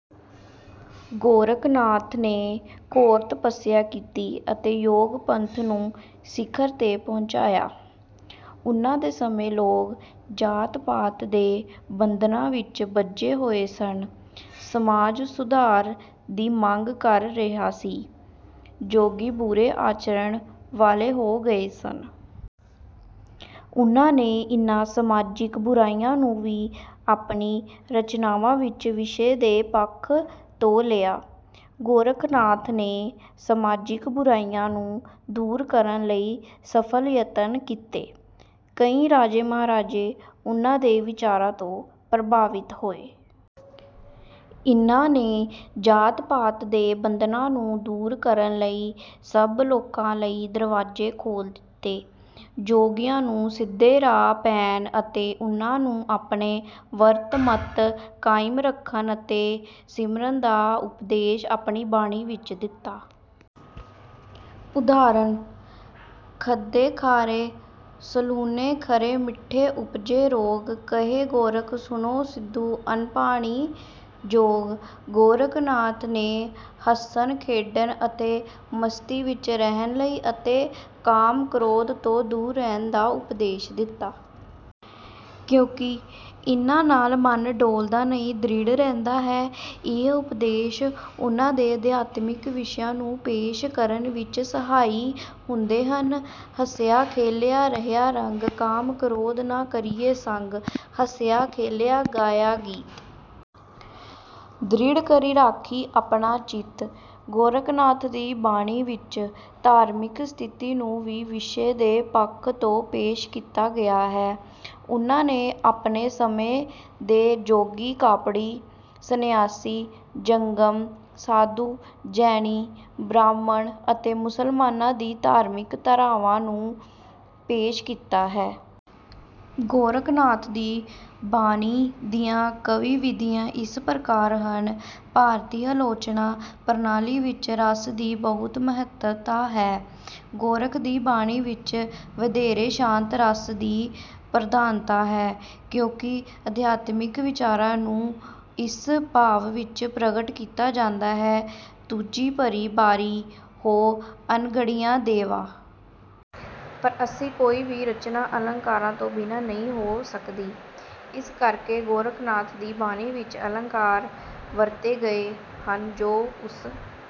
ਗੋਰਖਨਾਥ ਨੇ ਘੋਰ ਤਪੱਸਿਆ ਕੀਤੀ ਅਤੇ ਯੋਗ-ਪੰਥ ਨੂੰ ਸਿਖਰ ਤੇ ਪਹੁੰਚਾਇਆ। ਉਨ੍ਹਾਂ ਦੇ ਸਮੇਂ ਲੋਕ ਜਾਤ-ਪਾਤ ਦੇ ਬੰਧਨਾਂ ਵਿੱਚ ਬੱਝੇ ਹੋਏ ਸਨ। ਸਮਾਜ ਸੁਧਾਰ ਦੀ ਮੰਗ ਕਰ ਰਿਹਾ ਸੀ ਅਤੇ ਜੋਗੀ ਬੁਰੇ ਆਚਰਨ ਵਾਲੇ ਹੋ ਗਏ ਸਨ। ਉਨ੍ਹਾਂ ਨੇ ਇਨ੍ਹਾਂ ਸਮਾਜਿਕ ਬੁਰਾਈਆਂ ਨੂੰ ਵੀ ਆਪਣੀ ਰਚਨਾਵਾਂ ਵਿੱਚ ਵਿਸ਼ੇ ਦੇ ਪੱਖ ਤੋਂ ਲਿਆ। ਗੋਰਖਨਾਥ ਨੇ ਸਮਾਜਿਕ ਬੁਰਾਈਆਂ ਨੂੰ ਦੂਰ ਕਰਨ ਲਈ ਸਫਲ ਯਤਨ ਕੀਤੇ। ਕਈ ਰਾਜੇ-ਮਹਾਰਾਜੇ ਉਨ੍ਹਾਂ ਦੇ ਵਿਚਾਰਾਂ ਤੋਂ ਪ੍ਰਭਾਵਿਤ ਹੋਏ। ਇਨ੍ਹਾਂ ਨੇ ਜਾਤ-ਪਾਤ ਦੇ ਬੰਧਨਾਂ ਨੂੰ ਦੂਰ ਕਰਨ ਲਈ ਸਭ ਲੋਕਾਂ ਲਈ ਦਰਵਾਜ਼ੇ ਖੋਲ੍ਹ ਦਿੱਤੇ। ਜੋਗੀਆਂ ਨੂੰ ਸਿੱਧੇ ਰਾਹ ਪੈਣ ਅਤੇ ਉਨ੍ਹਾਂ ਨੂੰ ਆਪਣਾ ਵਰਤ-ਮਤ ਕਾਇਮ ਰੱਖਣ ਅਤੇ ਸਿਮਰਨ ਦਾ ਉਪਦੇਸ਼ ਆਪਣੀ ਬਾਣੀ ਵਿੱਚ ਦਿੱਤਾ। ਉਦਾਹਰਣ: "ਖੱਦੇ ਖਾਰੇ ਸਲੂਣੇ ਖਰੇ ਮੀਠੇ ਉਪਜੈ ਰੋਗ। ਕਹੇ ਗੋਰਖ ਸੁਣਹੁ ਸਿੱਧੋ ਅੰਨ ਪਾਣੀ ਜੋਗ।" ਗੋਰਖਨਾਥ ਨੇ ਹੱਸਣ, ਖੇਡਣ ਅਤੇ ਮਸਤੀ ਵਿੱਚ ਰਹਿਣ ਲਈ ਅਤੇ ਕਾਮ ਕ੍ਰੋਧ ਤੋਂ ਦੂਰ ਰਹਿਣ ਦਾ ਉਪਦੇਸ਼ ਦਿੱਤਾ। ਕਿਉਂਕਿ ਇਨ੍ਹਾਂ ਨਾਲ ਮਨ ਡੋਲਦਾ ਨਹੀਂ ਦ੍ਰਿੜ ਰਹਿੰਦਾ ਹੈ। ਇਹ ਉਪਦੇਸ਼ ਉਨ੍ਹਾਂ ਦੇ ਅਧਿਆਤਮਿਕ ਵਿਸ਼ਿਆਂ ਨੂੰ ਪੇਸ਼ ਕਰਨ ਵਿੱਚ ਸਹਾਈ ਹੁੰਦੇ ਹਨ। "ਹਸਿਆ ਖੇਲਿਆ ਰਹਿਆ ਰੰਗ। ਕਾਮ ਕ੍ਰੋਧ ਨ ਕਰਿਆ ਸੰਗ। ਹਸਿਆ ਖੇਲਿਆ ਗਾਇਆ ਗੀਤ। ਦ੍ਰਿੜ ਕਰਿ ਰਾਖਿ ਅਪਨਾ ਚੀਤ।" ਗੋਰਖਨਾਥ ਦੀ ਬਾਣੀ ਵਿੱਚ ਧਾਰਮਿਕ ਸਥਿਤੀ ਨੂੰ ਵੀ ਵਿਸ਼ੇ ਦੇ ਪੱਖ ਤੋਂ ਪੇਸ਼ ਕੀਤਾ ਗਿਆ ਹੈ। ਉਨ੍ਹਾਂ ਨੇ ਆਪਣੇ ਸਮੇਂ ਦੇ ਜੋਗੀ-ਕਾਪੜੀ, ਸੰਨਿਆਸੀ, ਜੰਗਮ, ਸਾਧੂ, ਜੈਨੀ, ਬ੍ਰਾਹਮਣ ਅਤੇ ਮੁਸਲਮਾਨਾਂ ਦੀ ਧਾਰਮਿਕ ਧਾਰਨਾਵਾਂ ਨੂੰ ਪੇਸ਼ ਕੀਤਾ ਹੈ। ਗੋਰਖਨਾਥ ਦੀ ਬਾਣੀ ਦੀਆਂ ਕਾਵਿ-ਵਿਧੀਆਂ ਇਸ ਪ੍ਰਕਾਰ ਹਨ। ਭਾਰਤੀ ਆਲੋਚਨਾ ਪ੍ਰਣਾਲੀ ਵਿੱਚ ਰਸ ਦੀ ਬਹੁਤ ਮਹੱਤਤਾ ਹੈ। ਗੋਰਖ ਦੀ ਬਾਣੀ ਵਿੱਚ ਵਧੇਰੇ ਸ਼ਾਂਤ ਰਸ ਦੀ ਪ੍ਰਧਾਨਤਾ ਹੈ। ਕਿਉਂਕਿ ਅਧਿਆਤਮਿਕ ਵਿਚਾਰਾਂ ਨੂੰ ਇਸ ਭਾਵ ਵਿੱਚ ਪ੍ਰਗਟ ਕੀਤਾ ਜਾਂਦਾ ਹੈ: "ਤੁਝਿ ਪਰਿ ਬਾਰੀ ਹੋ ਅਣਘੜੀਆ ਦੇਵਾ। ਪਰ ਅਸੀਂ ਕੋਈ ਵੀ ਰਚਨਾ ਅਲੰਕਾਰਾਂ ਤੋਂ ਬਿਨਾਂ ਨਹੀਂ ਹੋ ਸਕਦੀ। ਇਸ ਕਰਕੇ ਗੋਰਖਨਾਥ ਦੀ ਬਾਣੀ ਵਿੱਚ ਅਲੰਕਾਰ ਵਰਤੇ ਗਏ ਹਨ। ਜੋ ਉਸ